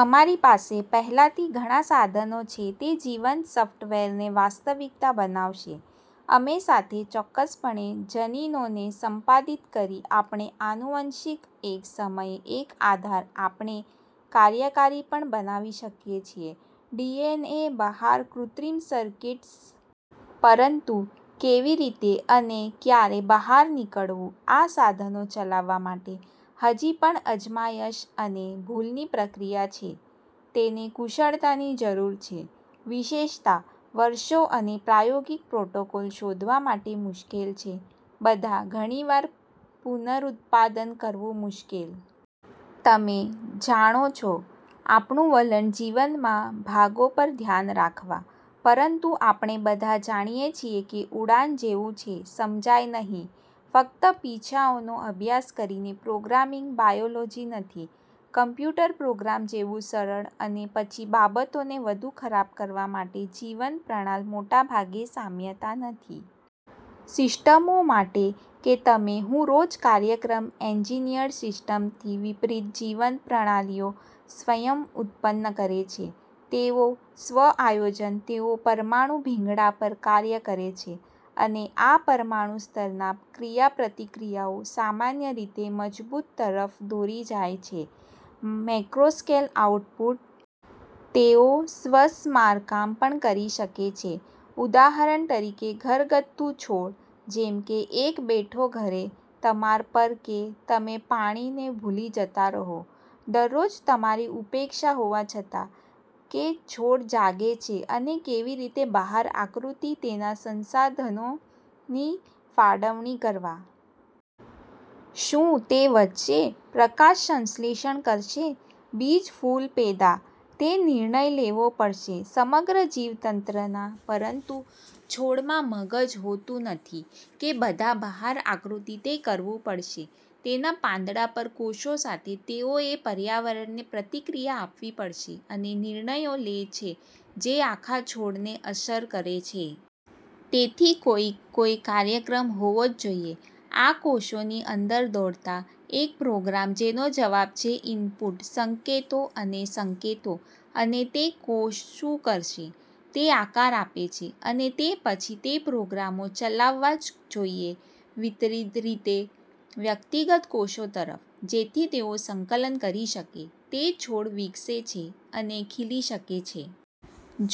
અમારી પાસે પહેલાથી ઘણા સાધનો છે તે જીવંત સફ્ટવેરને વાસ્તવિકતા બનાવશે. અમે સાથે ચોક્કસપણે જનીનોને સંપાદિત કરી આપણે આનુવંશિક એક સમયે એક આધાર આપણે કાર્યકારી પણ બનાવી શકીએ છીએ. ડીએનએ બહાર કૃત્રિમ સર્કિટ્સ. પરંતુ કેવી રીતે અને ક્યારે બહાર નીકળવું આ સાધનો ચલાવવા માટે હજી પણ અજમાયશ અને ભૂલની પ્રક્રિયા છે. તેને કુશળતાની જરૂર છે, વિશેષતા વર્ષો અને પ્રાયોગિક પ્રોટોકોલ શોધવા માટે મુશ્કેલ છે. બધા ઘણી વાર, પુનરુત્પાદન કરવું મુશ્કેલ. તમે જાણો છો, આપણું વલણ જીવનમાં ભાગોં પર ઘ્યાન રાખવા, પરંતુ આપણે બધા જાણીએ છીએ કે ઉડાન જેવું છે, સમજાય નહીં. ફક્ત પીછાઓનો અભ્યાસ કરીને. પ્રોગ્રામિંગ બાયોલોજી નથી કમ્પ્યુટર પ્રોગ્રામ જેવુ સરળ અને પછી બાબતોને વધુ ખરાબ કરવા માટે, જીવંતપ્રણાલ મોટાભાગે સામ્યતા નથી. સિસ્ટમો માટે કે તમે, હું રોજ કાર્યક્રમ. એન્જિનિયર્ડ સિસ્ટમ્સથી વિપરીત, જીવંત પ્રણાલીઓ સ્વયં ઉત્પન્ન કરે છે, તેઓ સ્વ આયોજન, તેઓ પરમાણુ ભીંગડા પર કાર્ય કરે છે. અને આ પરમાણુ સ્તરના ક્રિયાપ્રતિક્રિયાઓ સામાન્ય રીતે મજબૂત તરફ દોરી જાય છે મેક્રોસ્કેલ આઉટપુટ. તેઓ સ્વસમારકામ પણ કરી શકે છે. ઉદાહરણ તરીકે ઘરગથ્થુ છોડ, જેમ કે એક બેઠો ઘરે તમારા પર કે તમે પાણીને ભૂલી જતા રહો. દરરોજ, તમારી ઉપેક્ષા હોવા છતાં, કે છોડ જાગે છે અને કેવી રીતે બહાર આકૃતિ તેના સંસાધનોની ફાળવણી કરવા. શું તે વધશે, પ્રકાશસંશ્લેષણ કરશે, બીજ ફૂલ પેદા, તે નિર્ણય લેવો પડશે સમગ્ર જીવતંત્રના પરંતુ છોડમાં મગજ હોતું નથી કે બધા બહાર આકૃતિ તે કરવું પડશે તેના પાંદડા પર કોષો સાથે. તેઓએ પર્યાવરણને પ્રતિક્રિયા આપવી પડશે અને નિર્ણયો લે છે જે આખા છોડને અસર કરે છે. તેથી કોઈક કોઈ કાર્યક્રમ હોવો જ જોઇએ આ કોષોની અંદર દોડતા, એક પ્રોગ્રામ જેનો જવાબ છે ઇનપુટ સંકેતો અને સંકેતો અને તે કોષ શું કરશે તે આકાર આપે છે. અને તે પછી તે પ્રોગ્રામો ચલાવવા જ જોઇએ વિતરિત રીતે વ્યક્તિગત કોષો તરફ, જેથી તેઓ સંકલન કરી શકે, તે છોડ વિકસે છે અને ખીલી શકે છે.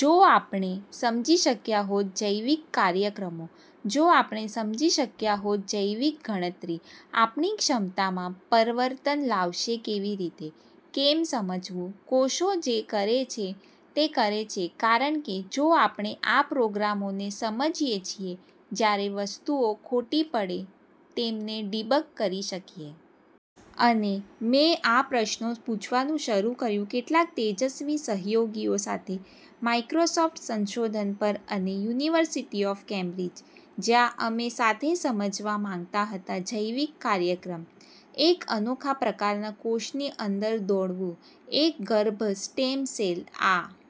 જો આપણે સમજી શક્યા હોત જૈવિક કાર્યક્રમો, જો આપણે સમજી શક્યા હોત જૈવિક ગણતરી, આપણી ક્ષમતામાં પરવર્તન લાવશે કેવી રીતે, કૅમ સમજવું ?કોષો જે કરે છે તે કરે છે. કારણ કે, જો આપણે આ પ્રોગ્રામોને સમજીએ છીએ, જ્યારે વસ્તુઓ ખોટી પડે તેમને ડિબગ કરી શકીએ. અને મેં આ પ્રશ્નો પૂછવાનું શરૂ કર્યું કેટલાક તેજસ્વી સહયોગીઓ સાથે માઈક્રોસોફ્ટ સંશોધન પર અને યુનિવર્સિટી ઓફ કેમ્બ્રિજ, જ્યાં અમે સાથે સમજવા માંગતા હતા જૈવિક કાર્યક્રમ એક અનોખા પ્રકારનાં કોષની અંદર દોડવું: એક ગર્ભ સ્ટેમ સેલ. આ